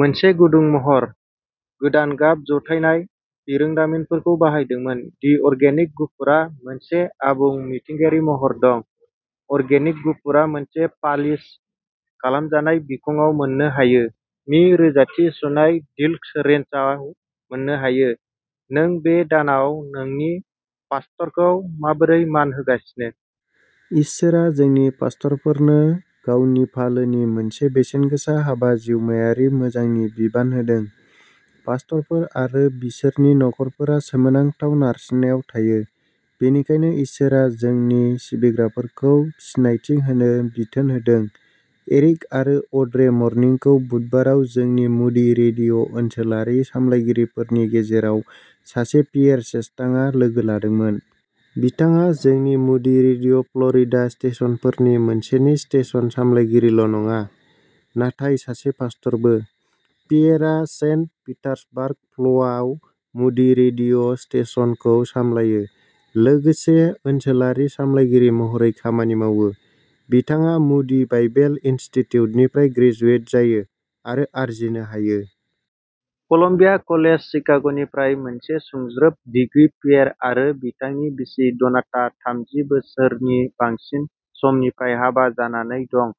मोनसे गुदुं महर। गोदान गाब जथायनाय बिरोंदामिनफोरखौ बाहायदोंमोन दि अर्गेनिक गुफुरआ मोनसे आबुं मिथिंगायारि महर दं। अर्गेनिक गुफुरआ मोनसे पालिश खालामजानाय बिखंआव मोननो हायो। मि रोजाथि सुनाय डिलक्स रेन्जआव मोननो हायो। नों बे दानाव नोंनि पास्टरखौ माबोरै मान होगासिनो? इसोरआ जोंनि पास्टरफोरनो गावनि फालोनि मोनसे बेसेनगोसा हाबा जिउमायारि मोजांनि बिबान होदों। पास्टरफोर आरो बिसोरनि नखरफोरा सोमोनांथाव नारसिननायाव थायो। बेनिखायनो इसोरआ जोंनि सिबिग्राफोरखौ सिनायथि होनो बिथोन होदों। एरिक आरो अड्रे मर्निंखौ बुधबाराव जोंनि मुडी रेडिय' ओनसोलारि सामलायगिरिफोरनि गेजेराव सासे पियेर चेस्टांआ लोगो लादोंमोन। बिथाङा जोंनि मुडी रेडिय'फ्ल'रिडा स्टेशनफोरनि मोनसेनि स्टेशन सामलायगिरिल' नङा, नाथाय सासे पास्टरबो। पियेरआ सेन्ट पिटार्सबार्ग फ्ल'आव मुडी रेडिय' स्टेशनखौ सामलायो, लोगोसे ओनसोलारि सामलायगिरि महरैबो खामानि मावो। बिथाङा मुडी बाइबेल इनस्टिट्युटनिफ्राय ग्रेजुवेट जायो आरो आरजिनो हायो। कलम्बिया कलेज शिकाग'निफ्राय मोनसे सुंज्रोब डिग्री पियेर आरो बिथांनि बिसि डनाटा थामजि बोसोरनि बांसिन समनिफ्राय हाबा जानानै दं,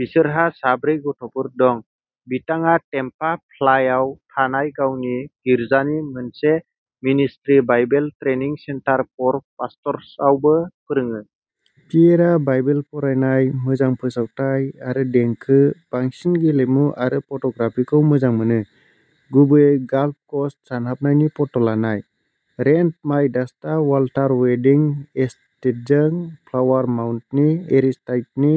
बिसोरहा साब्रै गथ'फोर दं। बिथाङा टेम्पा फ्लायाव थानाय गावनि गिर्जानि मोनसे ministry, Bible training centre for पास्टर्सआवबो फोरोङो। पियेरआ बाइबेल फरायनाय, मोजां फोसावथाइ आरो देंखो, बांसिन गेलेमु आरो फट'ग्राफिखौ मोजां मोनो गुबैयै गाल्फ क'स्ट सानहाबनायनि फट' लानाय रेन्ट माइ डास्टआ वाल्टार वेडिंग एस्टेटजों फ्लावर माउन्डनि एरिस्टाइडनि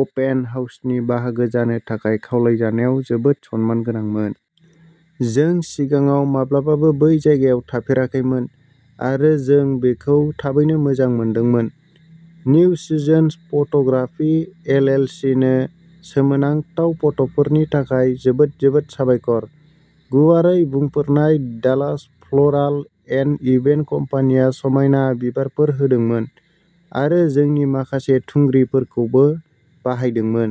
अपेन हाउसनि बाहागो जानो थाखाय खावलायजानायाव जोबोद सनमानगोनांमोन। जों सिगाङाव माब्लाबाबो बै जायगायाव थाफेराखैमोन आरो जों बेखौ थाबैनो मोजां मोनदोंमोन। New Seasons Photography L L C नो सोमोनांथाव फट'फोरनि थाखाय जोबोद जोबोद साबायखर। गुवारै बुंफोरनाय डालास फ्ल'राल एन्ड इभेन्ट कम्पानिया समायना बिबारफोर होदोंमोन आरो जोंनि माखासे थुंग्रिफोरखौबो बाहायदोंमोन।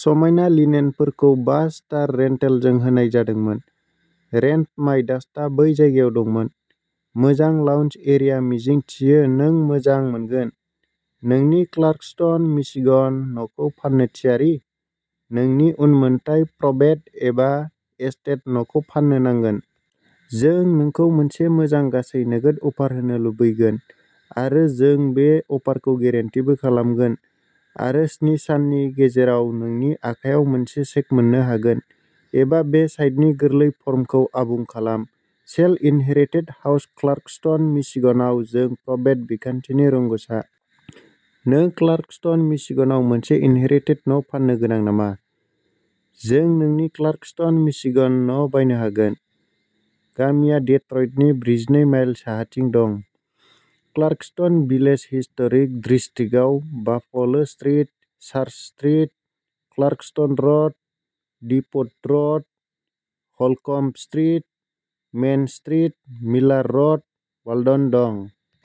समायना लिनेनफोरखौ बा स्टार रेन्टेलजों होनाय जादोंमोन। रेन्ट माइ डास्टआ बै जायगायाव दंमोन। मोजां लाउन्ज एरिया मिजिंथियो नों मोजां मोनगोन! नोंनि क्लार्कस्टन मिशिगन न'खौ फान्नो थियारि? नोंनि उनमोनथाइ प्रबेट एबा एस्टेट न'खौ फान्नो नांगोन। जों नोंखौ मोनसे मोजां गासै नोगोद अफार होनो लुबैगोन। आरो जों बे अफारखौ गेरेन्टीबो खालामगोन आरो स्नि साननि गेजेराव नोंनि आखायाव मोनसे चेक मोन्नो हागोन। एबा बे साइटनि गोरलै फर्मखौ आबुं खालाम। सेल इनहेरिटड हाउस क्लार्कस्टन मिशिगनआव जों प्रबेट बिखान्थिनि रोंग'सा। नों क्लार्कस्टन मिशिगनआव मोनसे इनहेरिटड न' फान्नो गोनां नामा? जों नोंनि क्लार्कस्टन मिशिगन न' बायनो हागोन। गामिया डेट्रइटनिफ्राय ब्रिजिनै माइल साहाथिं दं। क्लार्कस्टन भिलेज हिस्टोरिक डिस्ट्रिक्टआव Buffalo Street, Church Street, Clarkston Road, Depot Road, Holcomb Street, Main Street, Miller Road, Walden दं।